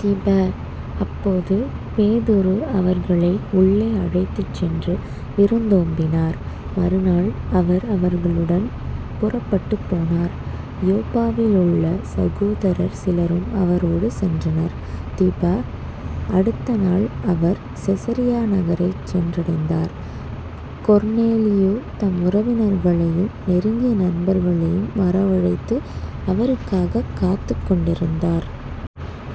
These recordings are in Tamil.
திப. அப்போது பேதுரு அவர்களை உள்ளே அழைத்துச் சென்று விருந்தோம்பினார். மறுநாள் அவர் அவர்களுடன் புறப்பட்டுப் போனார். யோப்பாவிலுள்ள சகோதரர் சிலரும் அவரோடு சென்றனர். திப. அடுத்த நாள் அவர் செசரியா நகரைச் சென்றடைந்தார். கொர்னேலியு தம் உறவினர்களையும் நெருங்கிய நண்பர்களையும் வரவழைத்து அவருக்காகக் காத்துக் கொண்டிருந்தார்.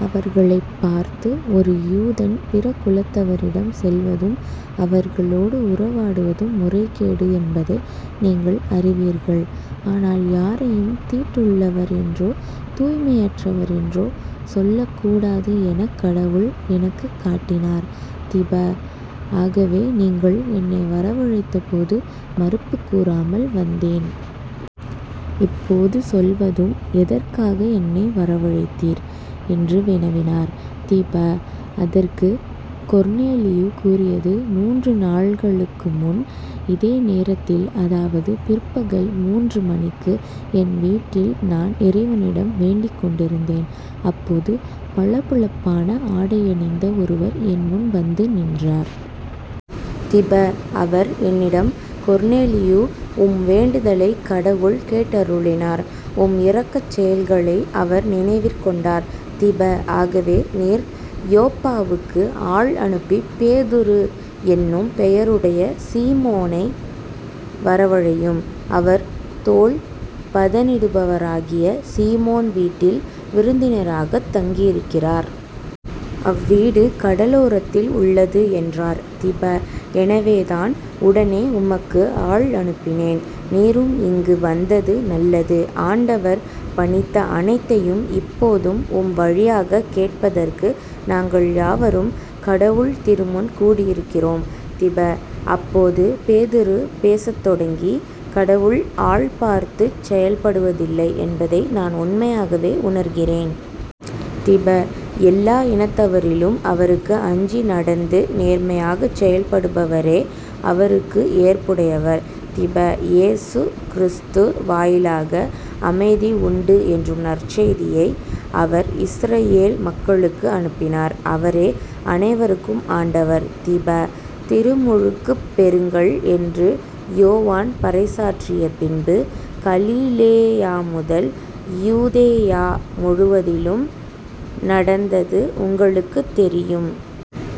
அவர்களைப் பார்த்து " ஒரு யூதன் பிற குலத்தவரிடம் செல்வதும், அவர்களோடு உறவாடுவதும் முறைகேடு என்பதை நீங்கள் அறிவீர்கள். ஆனால் யாரையும் தீட்டுள்ளவர் என்றோ தூய்மையற்றவர் என்றோ சொல்லக்கூடாது எனக் கடவுள் எனக்குக் காட்டினார். திப. ஆகவே நீங்கள் என்னை வரவழைத்தபோது மறுப்புக் கூறாமல் வந்தேன். இப்போது சொல்வதும் எதற்காக என்னை வரவழைத்தீர்? என்று வினவினார். திப. அதற்கு கொர்னேலியு கூறியது " மூன்று நாள்களுக்குமுன் இதே நேரத்தில் அதாவது பிற்பகல் மூன்று மணிக்கு என் வீட்டில் நான் இறைவனிடம் வேண்டிக் கொண்டிருந்தேன். அப்போது பளபளப்பான ஆடையணிந்த ஒருவர் என்முன் வந்து நின்றார். திப. அவர் என்னிடம் " கொர்னேலியு உம் வேண்டுதலைக் கடவுள் கேட்டருளினார். உம் இரக்கச் செயல்களை அவர் நினைவிற் கொண்டார். திப. ஆகவே நீர் யோப்பாவுக்கு ஆள் அனுப்பிப் பேதுரு என்னும் பெயருடைய சீமோனை வரவழையும். அவர் தோல் பதனிடுபவராகிய சீமோன் வீட்டில் விருந்தினராகத் தங்கியிருக்கிறார். அவ்வீடு கடலோரத்தில் உள்ளது " என்றார். திப. எனவேதான் உடனே உமக்கு ஆள் அனுப்பினேன். நீரும் இங்கு வந்தது நல்லது. ஆண்டவர் பணித்த அனைத்தையும் இப்போதும் உம் வழியாகக் கேட்பதற்கு நாங்கள் யாவரும் கடவுள் திருமுன் கூடியிருக்கிறோம். " திப. அப்போது பேதுரு பேசத் தொடங்கி " கடவுள் ஆள் பார்த்துச் செயல்படுவதில்லை என்பதை நான் உண்மையாகவே உணர்கிறேன். திப. எல்லா இனத்தவரிலும் அவருக்கு அஞ்சி நடந்து நேர்மையாகச் செயல்படுபவரே அவருக்கு ஏற்புடையவர். திப. இயேசு கிறிஸ்து வாயிலாக அமைதி உண்டு என்றும் நற்செய்தியை அவர் இஸ்ரயேல் மக்களுக்கு அனுப்பினார். அவரே அனைவருக்கும் ஆண்டவர். திப. திருமுழுக்குப் பெறுங்கள் என்று யோவான் பறைசாற்றியபின்பு கலிலேயாமுதல் யூதேயா முழுவதிலும் நடந்தது உங்களுக்குத் தெரியும்.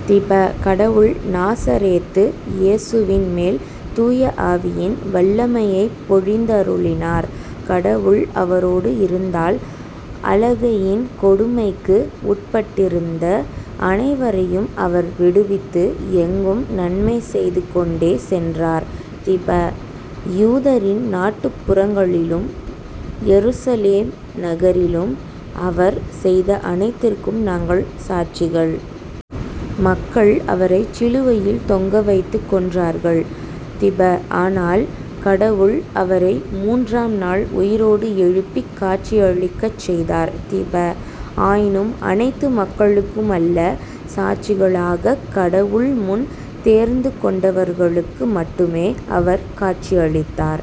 திப. கடவுள் நாசரேத்து இயேசுவின்மேல் தூய ஆவியின் வல்லமையைப் பொழிந்தருளினார். கடவுள் அவரோடு இருந்தால் அலகையின் கொடுமைக்கு உட்பட்டிருந்த அனைவரையும் அவர் விடுவித்து எங்கும் நன்மை செய்து கொண்டே சென்றார். திப. யூதரின் நாட்டுப் புறங்களிலும் எருசலேம் நகரிலும் அவர் செய்த அனைத்திற்கும் நாங்கள் சாட்சிகள். மக்கள் அவரைச் சிலுவையில் தொங்கவைத்துக் கொன்றார்கள். திப. ஆனால் கடவுள் அவரை மூன்றாம் நாள் உயிரோடு எழுப்பிக் காட்சி அளிக்கச் செய்தார். திப. ஆயினும் அனைத்து மக்களுக்கு மல்ல சாட்சிகளாகக் கடவுள் முன் தேர்ந்துகொண்டவர்களுக்கு மட்டுமே அவர் காட்சியளித்தார்.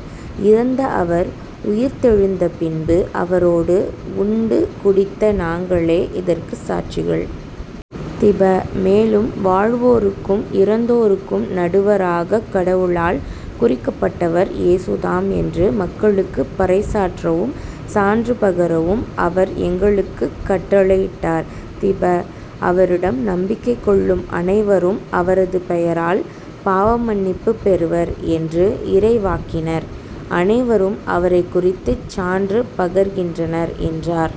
இறந்த அவர் உயிர்த்தெழுந்தபின்பு அவரோடு உண்டு குடித்த நாங்களே இதற்குச் சாட்சிகள். திப. மேலும் வாழ்வோருக்கும் இறந்தோருக்கும் நடுவராகக் கடவுளால் குறிக்கப்பட்டவர் இயேசுதாம் என்று மக்களுக்குப் பறைசாற்றவும், சான்று பகரவும் அவர் எங்களுக்குக் கட்டளையிட்டார். திப. அவரிடம் நம்பிக்கை கொள்ளும் அனைவரும் அவரது பெயரால் பாவமன்னிப்புப் பெறுவர் என்று இறைவாக்கினர் அனைவரும் அவரைக்குறித்துச் சான்று பகர்கின்றனர் " என்றார்.